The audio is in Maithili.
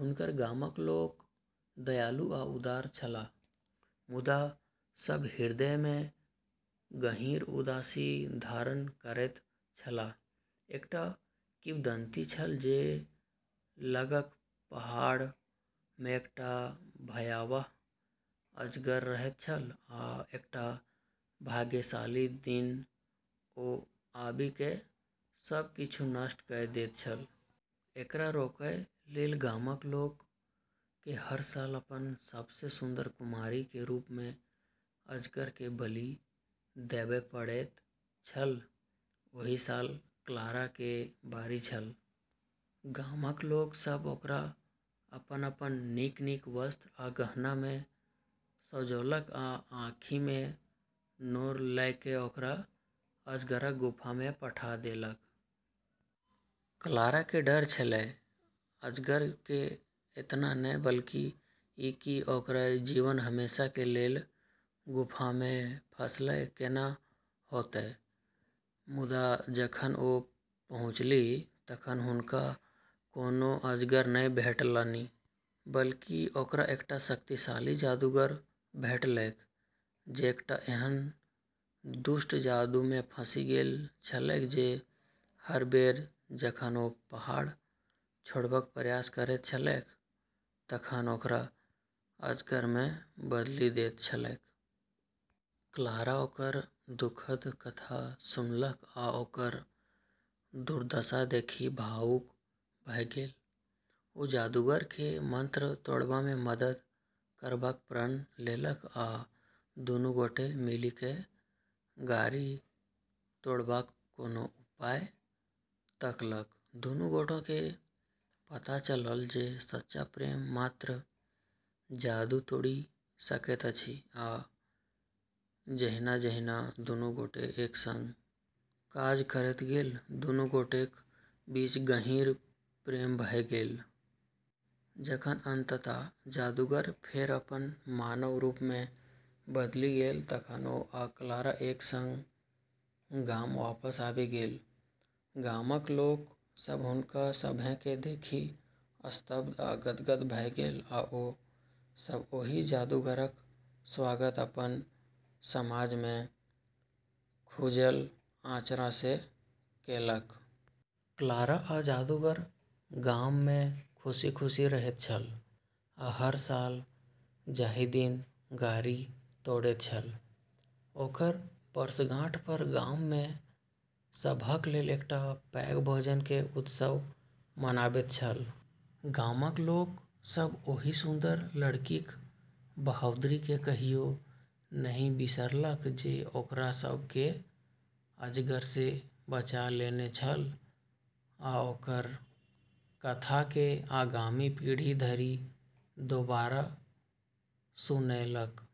हुनकर गामक लोक दयालु आ उदार छलाह, मुदा सब हृदय मे गहींर उदासी धारण करैत छलाह। एकटा किंवदंती छल जे लगक पहाड़ मे एकटा भयावह अजगर रहैत छल, आ एकटा भाग्यशाली दिन, ओ आबि कऽ सब किछु नष्ट कऽ दैत छल । एकरा रोकय लेल गामक लोक के हर साल अपन सबसँ सुन्दर कुमारि के रूप मे अजगर के बलि देबय पड़ैत छल ओहि साल क्लारा के बारी छल। गामक लोक सभ ओकरा अपन-अपन नीक-नीक वस्त्र आ गहना मे सजौलक आ आँखि मे नोर लऽ कऽ ओकरा अजगरक गुफा मे पठा देलक। क्लारा के डर छेलै, अजगर के एतना नै, बल्कि ई कि ओकरऽ जीवन हमेशा के लेलऽ गुफा में फंसलऽ केना होतै। मुदा जखन ओ पहुँचलीह तखन हुनका कोनो अजगर नहि भेटलनि। बल्कि ओकरा एकटा शक्तिशाली जादूगर भेटलैक, जे एकटा एहन दुष्ट जादू मे फँसि गेल छलैक जे हर बेर जखन ओ पहाड़ छोड़बाक प्रयास करैत छलैक तखन ओकरा अजगर मे बदलि दैत छलैक। क्लारा ओकर दुखद कथा सुनलक आ ओकर दुर्दशा देखि भावुक भऽ गेल। ओ जादूगर केँ मंत्र तोड़बा मे मदद करबाक प्रण लेलक आ दुनू गोटे मिलिकय गारि तोड़बाक कोनो उपाय तकलक। दुनू गोटेकेँ पता चलल जे सच्चा प्रेम मात्र जादू तोड़ि सकैत अछि, आ जहिना-जहिना दुनू गोटे एक संग काज करैत गेल, दुनू गोटेक बीच गहींर प्रेम भऽ गेल। जखन अंततः जादूगर फेर अपन मानव रूप मे बदलि गेल तखन ओ आ क्लारा एक संग गाम वापस आबि गेल। गामक लोक सभ हुनका सभकेँ देखि स्तब्ध आ गदगद भऽ गेल, आ ओ सभ ओहि जादूगरक स्वागत अपन समाजमे खुजल आँचरसँ केलक। क्लारा आ जादूगर गाम मे खुखी-खुशी रहैत छल, आ हर साल, जाहि दिन गारि तोड़ैत छल, ओकर वर्षगांठ पर गाम मे सबहक लेल एकटा पैघ भोज के उत्सव मनाबैत छल। गामक लोक सभ ओहि सुन्दर लड़कीक बहादुरी केँ कहियो नहि बिसरलक जे ओकरा सभ केँ अजगर सँ बचा लेने छल, आ ओकर कथा केँ आगामी पीढ़ी धरि दोबारा सुनौलक।